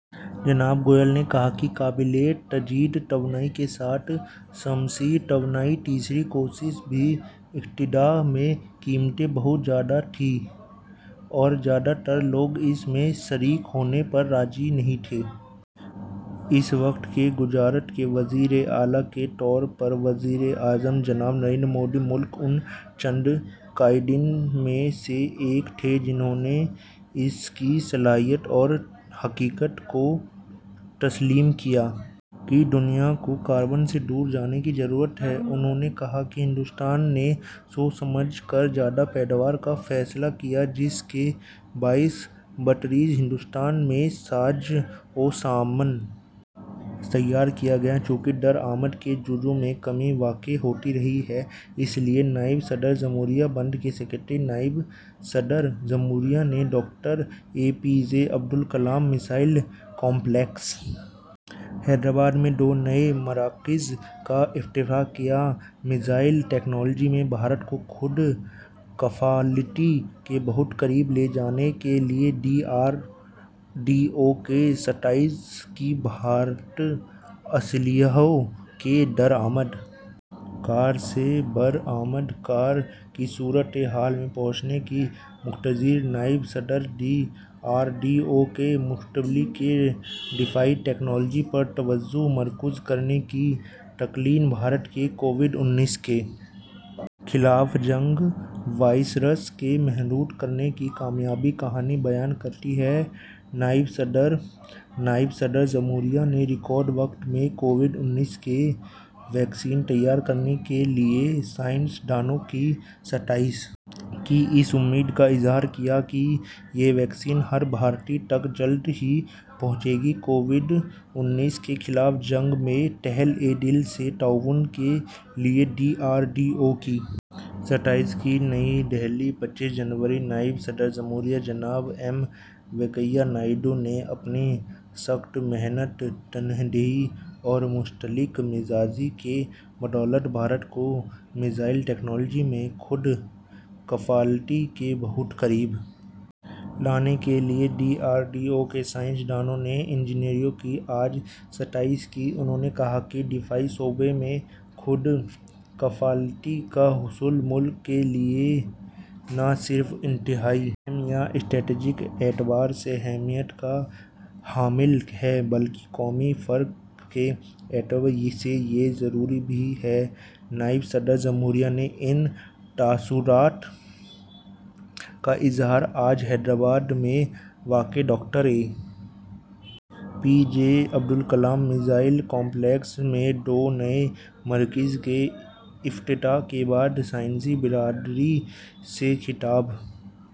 جناب گوئل نے کہا کہ قابل تجدید توانائی کے ساتھ شمسی توانائی تیسری کوشش تھی ابتدا میں قیمتیں بہت زیادہ تھیں اور زیادہ تر لوگ اس میں شریک ہونے پر راضی نہیں تھے اس وقت کے گجرات کے وزیر اعلی کے طور پر وزیر اعظم جناب نریندر مودی ملک ان چند قائدین میں سے ایک تھے جنہوں نے اس کی صلاحیت اور حقیقت کو تسلیم کیا کہ دنیا کو کاربن سے دور جانے کی ضرورت ہے انہوں نے کہا کہ ہندوستان نے سوچ سمجھ کر زیادہ پیداوار کا فیصلہ کیا جس کے باعث بتدریج ہندوستان میں ساز و سامان تیار کیا گیا چونکہ درآمد کے جزو میں کمی واقع ہوتی رہی ہے اس لیے اس نائب صدر جمہوریہ ہند کا سکریٹریٹ نائب صدر جمہوریہ نے doctor A P J Abdul Kalam missile complex Hyderabad میں دو نئے مراکز کا افتتاح کیا میزائل ٹیکنالوجی میں بھارت کو خود کفالتی کے بہت قریب لے جانے کے لیے ڈی آر ڈی او کی ستائش کی بھارت اسلحوں کے درآمد کار سے برآمد کار کی صورت حال میں پہنچنے کا منتظر نائب صدر ڈی آر ڈی او کو مستقبل کی دفاعی ٹیکنالوجی پر توجہ مرکوز کرنے کی تلقین بھارت کی کووڈ انیس کے خلاف جنگ وائرس کو محدود کرنے کی کامیاب کہانی بیان کرتی ہے نائب صدر نائب صدر جمہوریہ نے ریکارڈ وقت میں کووڈ انیس کی ویکسین تیار کرنے کے لیے سائنس دانوں کی ستائش کی اس امید کا اظہار کیا کہ یہ ویکسین ہر بھارتی تک جلد ہی پہنچے گی کووڈ انیس کے خلاف جنگ میں تہہ دل سے تعاون کے لیے ڈی آر ڈی او کی ستائش کی نئی دہلی پچیس جنوری نائب صدر جمہوریہ جناب ایم وینکیا نائیڈو نے اپنی سخت محنت تندہی اور مستقل مزاجی کی بدولت بھارت کو میزائل ٹیکنالوجی میں خود کفالتی کے بہت قریب لانے کے لیے ڈی آر ڈی او کے سائنس دانوں اور انجینئروں کی آج ستائش کی انہوں نے کہا کہ دفاعی شعبے میں خود کفالتی کا حصول ملک کے لیے نہ صرف انتہائی اہم یا اسٹریٹیجک اعتبار سے اہمیت کا حامل ہے بلکہ قومی فخر کے اعتبار سے یہ ضروری بھی ہے نائب صدر جمہوریہ نے ان تاثرات کا اظہار آج حیدرآباد میں واقع doctor A P J Abdul Kalam missile complex میں دو نئے مراکز کے افتتاح کے بعد سائنسی برادری سے خطاب